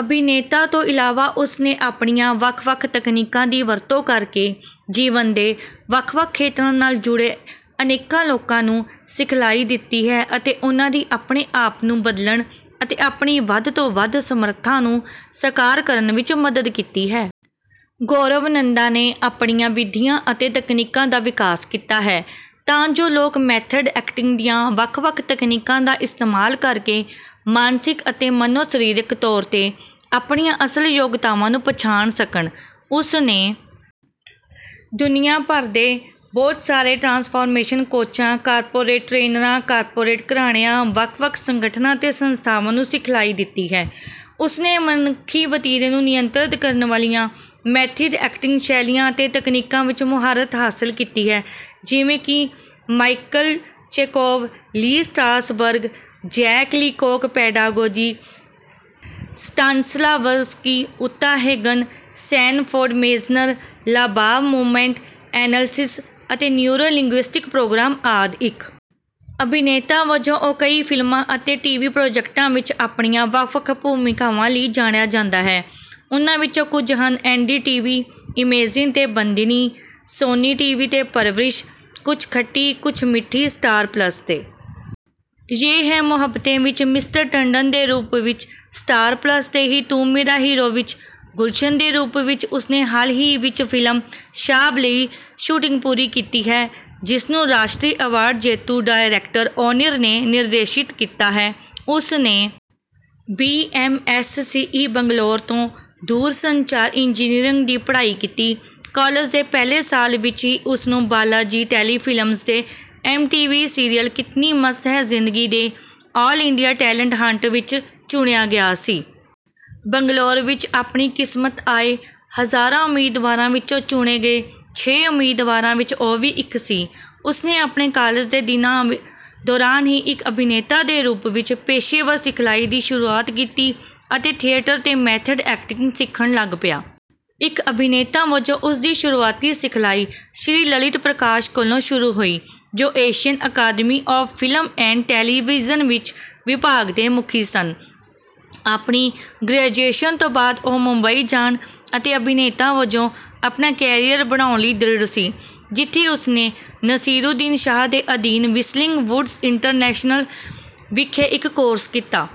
ਅਭਿਨੇਤਾਵਾਂ ਤੋਂ ਇਲਾਵਾ, ਉਸਨੇ ਆਪਣੀਆਂ ਵੱਖ-ਵੱਖ ਤਕਨੀਕਾਂ ਦੀ ਵਰਤੋਂ ਕਰਕੇ ਜੀਵਨ ਦੇ ਵੱਖ-ਵੱਖ ਖੇਤਰਾਂ ਨਾਲ ਜੁੜੇ ਅਨੇਕਾਂ ਲੋਕਾਂ ਨੂੰ ਸਿਖਲਾਈ ਦਿੱਤੀ ਹੈ ਅਤੇ ਉਨ੍ਹਾਂ ਦੀ ਆਪਣੇ ਆਪ ਨੂੰ ਬਦਲਣ ਅਤੇ ਆਪਣੀ ਵੱਧ ਤੋਂ ਵੱਧ ਸਮਰੱਥਾ ਨੂੰ ਸਾਕਾਰ ਕਰਨ ਵਿੱਚ ਮਦਦ ਕੀਤੀ ਹੈ। ਗੌਰਵ ਨੰਦਾ ਨੇ ਆਪਣੀਆਂ ਵਿਧੀਆਂ ਅਤੇ ਤਕਨੀਕਾਂ ਦਾ ਵਿਕਾਸ ਕੀਤਾ ਹੈ ਤਾਂ ਜੋ ਲੋਕ ਮੈਥਡ ਐਕਟਿੰਗ ਦੀਆਂ ਵੱਖ-ਵੱਖ ਤਕਨੀਕਾਂ ਦਾ ਇਸਤੇਮਾਲ ਕਰਕੇ ਮਾਨਸਿਕ ਅਤੇ ਮਨੋਸਰੀਰਿਕ ਤੌਰ 'ਤੇ ਆਪਣੀਆਂ ਅਸਲ ਯੋਗਤਾਵਾਂ ਨੂੰ ਪਛਾਣ ਸਕਣ। ਉਸਨੇ ਦੁਨੀਆ ਭਰ ਦੇ ਬਹੁਤ ਸਾਰੇ ਟਰਾਂਸਫਾਰਮੇਸ਼ਨ ਕੋਚਾਂ, ਕਾਰਪੋਰੇਟ ਟਰੇਨਰਾਂ, ਕਾਰਪੋਰੇਟ ਘਰਾਣਿਆਂ, ਵੱਖ-ਵੱਖ ਸੰਗਠਨਾਂ ਅਤੇ ਸੰਸਥਾਵਾਂ ਨੂੰ ਸਿਖਲਾਈ ਦਿੱਤੀ ਹੈ। ਉਸਨੇ ਮਨੁੱਖੀ ਵਤੀਰੇ ਨੂੰ ਨਿਯੰਤ੍ਰਿਤ ਕਰਨ ਵਾਲੀਆਂ ਮੈਥਡ ਐਕਟਿੰਗ ਸ਼ੈਲੀਆਂ ਅਤੇ ਤਕਨੀਕਾਂ ਵਿੱਚ ਮੁਹਾਰਤ ਹਾਸਲ ਕੀਤੀ ਹੈ; ਜਿਵੇਂ ਕਿ Michael Chekhov, Lee Strasberg, Jacques Lecoq pedagogy, Stanislavski, Uta Hagen, Sanford Meisner, Laban movement analysis ਅਤੇ ਨਿਊਰੋ-ਲਿੰਗੂਇਸਟਿਕ ਪ੍ਰੋਗਰਾਮਿੰਗ ਆਦਿ। ਇੱਕ ਅਭਿਨੇਤਾ ਵਜੋਂ, ਉਹ ਕਈ ਫਿਲਮਾਂ ਅਤੇ ਟੀਵੀ ਪ੍ਰੋਜੈਕਟਾਂ ਵਿੱਚ ਆਪਣੀਆਂ ਵੱਖ-ਵੱਖ ਭੂਮਿਕਾਵਾਂ ਲਈ ਜਾਣਿਆ ਜਾਂਦਾ ਹੈ; ਉਨ੍ਹਾਂ ਵਿੱਚੋਂ ਕੁੱਝ ਹਨ:ਐਨ.ਡੀ.ਟੀ.ਵੀ ਇਮੇਜਿਨ 'ਤੇ 'ਬੰਦਿਨੀ'ਸੋਨੀ ਟੀਵੀ 'ਤੇ 'ਪਰਵਰਿਸ਼ - ਕੁੱਛ ਖੱਟੀ ਕੁੱਛ ਮਿੱਠੀ'ਸਟਾਰ ਪਲੱਸ 'ਤੇ 'ਯੇਹ ਹੈ ਮੁਹੱਬਤੇਂ' ਵਿੱਚ 'ਮਿਸਟਰ ਟੰਡਨ' ਦੇ ਰੂਪ ਵਿੱਚਸਟਾਰ ਪਲੱਸ 'ਤੇ ਹੀ 'ਤੂ ਮੇਰਾ ਹੀਰੋ' ਵਿੱਚ 'ਗੁਲਸ਼ਨ' ਦੇ ਰੂਪ ਵਿੱਚਉਸਨੇ ਹਾਲ ਹੀ ਵਿੱਚ ਫਿਲਮ 'ਸ਼ਾਬ' ਲਈ ਸ਼ੂਟਿੰਗ ਪੂਰੀ ਕੀਤੀ ਹੈ, ਜਿਸ ਨੂੰ ਰਾਸ਼ਟਰੀ ਅਵਾਰਡ ਜੇਤੂ ਡਾਇਰੈਕਟਰ ਓਨਿਰ ਨੇ ਨਿਰਦੇਸ਼ਤ ਕੀਤਾ ਹੈ। ਉਸਨੇ ਬੀ.ਐਮ.ਐਸ.ਸੀ.ਈ ਬੰਗਲੌਰ ਤੋਂ ਦੂਰਸੰਚਾਰ ਇੰਜੀਨੀਅਰਿੰਗ ਦੀ ਪੜ੍ਹਾਈ ਕੀਤੀ। ਕਾਲਜ ਦੇ ਪਹਿਲੇ ਸਾਲ ਵਿੱਚ ਹੀ ਉਸਨੂੰ ਬਾਲਾਜੀ ਟੈਲੀਫਿਲਮਜ਼ ਦੇ ਐੱਮ.ਟੀ.ਵੀ. ਸੀਰੀਅਲ 'ਕਿਤਨੀ ਮਸਤ ਹੈ ਜ਼ਿੰਦਗੀ' ਦੇ 'ਆਲ ਇੰਡੀਆ ਟੈਲੇਂਟ ਹੰਟ' ਵਿੱਚ ਚੁਣਿਆ ਗਿਆ ਸੀ। ਬੰਗਲੌਰ ਵਿੱਚ ਆਪਣੀ ਕਿਸਮਤਆਏ ਹਜ਼ਾਰਾਂ ਉਮੀਦਵਾਰਾਂ ਵਿੱਚੋਂ ਚੁਣੇ ਗਏ ਛੇ ਉਮੀਦਵਾਰਾਂ ਵਿੱਚ ਉਹ ਵੀ ਇੱਕ ਸੀ। ਉਸਨੇ ਆਪਣੇ ਕਾਲਜ ਦੇ ਦਿਨਾਂ ਦੌਰਾਨ ਹੀ ਇੱਕ ਅਭਿਨੇਤਾ ਦੇ ਰੂਪ ਵਿੱਚ ਪੇਸ਼ੇਵਰ ਸਿਖਲਾਈ ਦੀ ਸ਼ੁਰੂਆਤ ਕੀਤੀ ਅਤੇ ਥੀਏਟਰ 'ਤੇ ਮੈਥਡ ਐਕਟਿੰਗ ਸਿੱਖਣ ਲੱਗ ਪਿਆ। ਇੱਕ ਅਭਿਨੇਤਾ ਵਜੋਂ ਉਸਦੀ ਸ਼ੁਰੂਆਤੀ ਸਿਖਲਾਈ ਸ਼੍ਰੀ ਲਲਿਤ ਪ੍ਰਕਾਸ਼ ਕੋਲੋਂ ਸ਼ੁਰੂ ਹੋਈ, ਜੋ Asian academy of film and television ਵਿੱਚ ਵਿਭਾਗ ਦੇ ਮੁਖੀ ਸਨ। ਆਪਣੀ ਗ੍ਰੈਜੂਏਸ਼ਨ ਤੋਂ ਬਾਅਦ, ਉਹ ਮੁੰਬਈ ਜਾਣ ਅਤੇ ਅਭਿਨੇਤਾ ਵਜੋਂ ਆਪਣਾ ਕੈਰੀਅਰ ਬਣਾਉਣ ਲਈ ਦ੍ਰਿੜ ਸੀ, ਜਿੱਥੇ ਉਸਨੇ ਨਸੀਰੂਦੀਨ ਸ਼ਾਹ ਦੇ ਅਧੀਨ 'ਵਿਸਲਿੰਗ ਵੁਡਸ ਇੰਟਰਨੈਸ਼ਨਲ' ਵਿਖੇ ਇੱਕ ਕੋਰਸ ਕੀਤਾ।